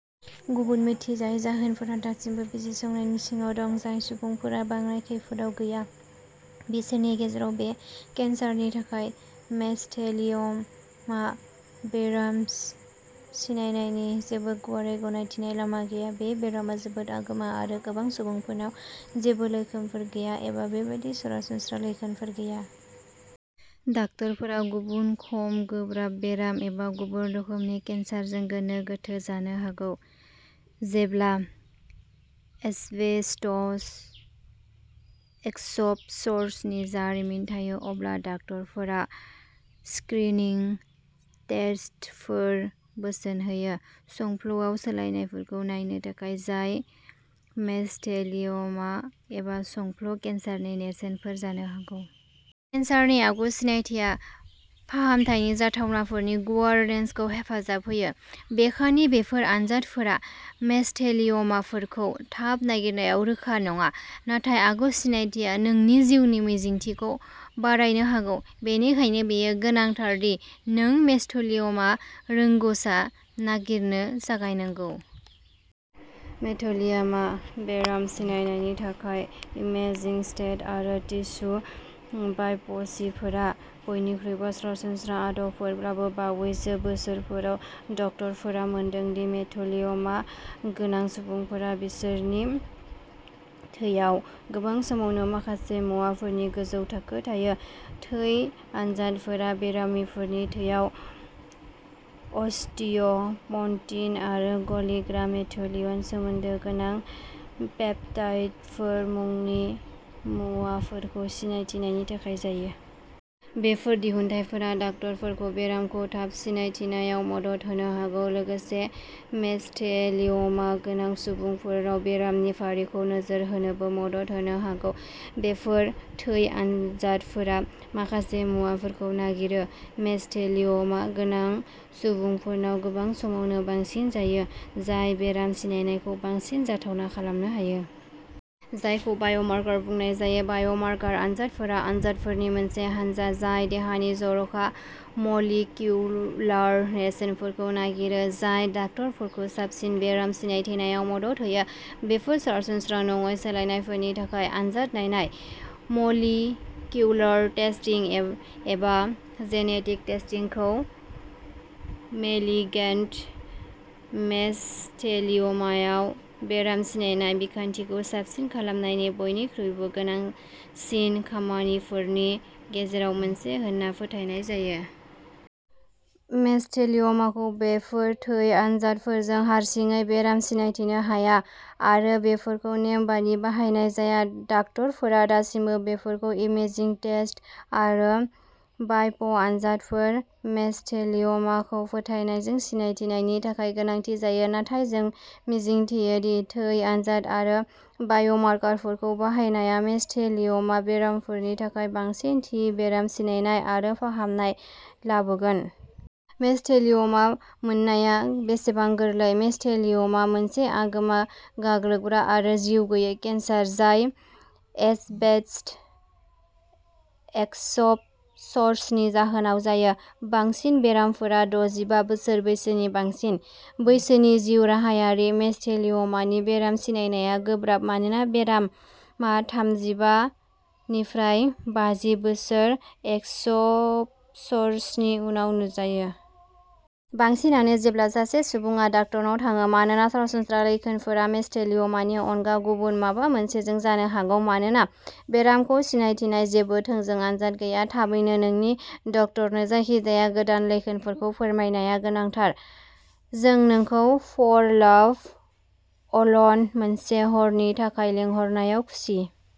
गुबुन मिथिजायै जाहोनफोरा दासिमबो बिजिरसंनायनि सिङाव दं। जाय सुबुंफोरा बांनाय खैफोदआव गैया बिसोरनि गेजेराव बे केन्सारनि थाखाय मेस'थेलिय'मा बेराम सि-सिनायनायनि जेबो गुवारै गनायथिनाय लामा गैया। बे बेरामा जोबोद आगोमा आरो गोबां सुबुंफोरनाव जेबो लैखोनफोर गैया एबा बेबादि सरासनस्रा लैखोनफोर गैया। डाक्टारफोरा गुबुन खम गोब्राब बेराम एबा गुबुन रोखोमनि केन्सारजों गोनो गोथो जानो हागौ। जेब्ला एस्बेस्टस एक्सप'सरसनि जारिमिन थायो अब्ला डक्टरफोरा स्क्रिनिं टेस्टफोर बोसोन होयो। संफ्ल'आव सोलायनायफोरखौ नायनो थाखाय जाय मेस'थेलिय'मा एबा संफ्ल' केन्सारनि नेरसोनफोर जानो हागौ। केनसारनि आगु सिनायथिया फाहामथायनि जाथावनाफोरनि गुवार रेनजखौ हेफाजाब होयो। बेखानि बेफोर आनजादफोरा मेस'थेलिय'माफोरखौ थाब नागिरनायाव रोखा नङा। नाथाय आगु सिनायथिया नोंनि जिउनि मिजिंथिखौ बारायनो हागौ। बेनिखायनो बेयो गोनांथार दि नों मेस'थेलिय'मा रोंग'सा नागिरनो जागायनांगौ। मेस'थेलिय'मा बेराम सिनायनायनि थाखाय इमेजिं टेस्ट आरो टिस्यु बाय'पसीफोरा बयनिख्रुइबो सरासनस्रा आदबफोरब्लाबो, बावैसो बोसोरफोराव डक्टरफोरा मोनदों दि मेस'थेलिय'मा गोनां सुबुंफोरा बिसोरनि थैयाव गोबां समावनो माखासे मुवाफोरनि गोजौ थाखो थायो। थै आनजादफोरा बेरामिफोरनि थैयाव अस्टिय' पन्टिन आरो गलिग्रा मेस'थेलिन सोमोन्दो गोनां पेप्टाइडफोर मुंनि मुवाफोरखौ सिनायथिनायनि थाखाय जायो। बेफोर दिहुनथायफोरा डाक्टारफोरखौ बेरामखौ थाब सिनायथिनायाव मदद होनो हागौ। लोगोसे मेस'थेलिय'मा गोनां सुबुंफोरनाव बेरामनि फारिखौ नोजोर होनोबो मदद होनो हागौ। बेफोर थै आनजादफोरा माखासे मुवाफोरखौ नागिरो। मेस'थेलिय'मा गोनां सुबुंफोरनाव गोबां समावनो बांसिन जायो जाय बेराम सिनायनायखौ बांसिन जाथावना खालामनो हायो। जायखौ बाय'मार्कार बुंनाय जायो। बाय'मार्कार आनजादफोरा आनजादफोरनि मोनसे हानजा जाय देहानि जर'खा मलिकिउलार नेरसोनफोरखौ नागिरो। जाय डाक्टारफोरखौ साबसिन बेराम सिनायथिनायाव मदद होयो। बेफोर सरासनस्रा नङै सोलायनायफोरनि थाखाय आनजाद नायनाय मलिकिउलार टेस्टिं एब एबा जेनेटिक टेस्टिं खौ मैलिगेन्ट मेस'थेलिय'मायाव बेराम सिनायनाय बिखान्थिखौ साबसिन खालामनायनि बयनिख्रुइबो गोनांसिन लामाफोरनि गेजेराव मोनसे होनना फोथायनाय जायो। मेस'थेलिय'माखौ बेफोर थै आनजादफोरजों हारसिङै बेराम सिनायथिनो हाया आरो बेफोरखौ नेमबादि बाहायनाय जाया। डाक्टारफोरा दासिमबो बेफोरखौ इमेजिं टेस्ट आरो बाय'प आनजादफोर मेस'थेलिय'माखौ फोथायनायजों सिनायथिनायनि थाखाय गोनांथि जायो। नाथाय जों मिजिंथियो दि थै आनजाद आरो बाय'मारकारफोरखौ बाहायनाया मेस'थेलिय'मा बेरामिफोरनि थाखाय बांसिन थि बेराम सिनायनाय आरो फाहामनाय लाबोगोन। मेस'थेलिय'मा मोननाया बेसेबां गोरलै? मेस'थेलिय'मा मोनसे आगोमा गाग्लोबग्रा आरो जिउगैयै केन्सार जाय एसबेस्टस एक्सप'सर्सनि जाहोनाव जायो। बांसिन बेरामिफोरा द’जिबा बोसोर बैसोनि बांसिन बैसोनि जिउ राहायारि। मेस'थेलिय'मानि बेराम सिनायनाया गोब्राब। मानोना बेरामा थामजिबा निफ्राय बाजि बोसोर एक्सप'सरसनि उनाव नुजायो। बांसिनानो जेब्ला सासे सुबुङा डाक्टारनाव थाङो मानोना सरासनस्रा लैखोनफोरा मेस'थेलिय'मानि अनगा गुबुन माबा मोनसेजों जानो हागौ। मानोना बेरामखौ सिनायथिनाय जेबो थोंजों आनजाद गैया। थाबैनो नोंनि डक्टरनो जायखिजाया गोदान लैखोनफोरखौ फोरमायनाया गोनांथार। जों नोंखौ फर लाभ अल'न, मोनसे हरनि थाखाय लिंहरनायाव खुसि।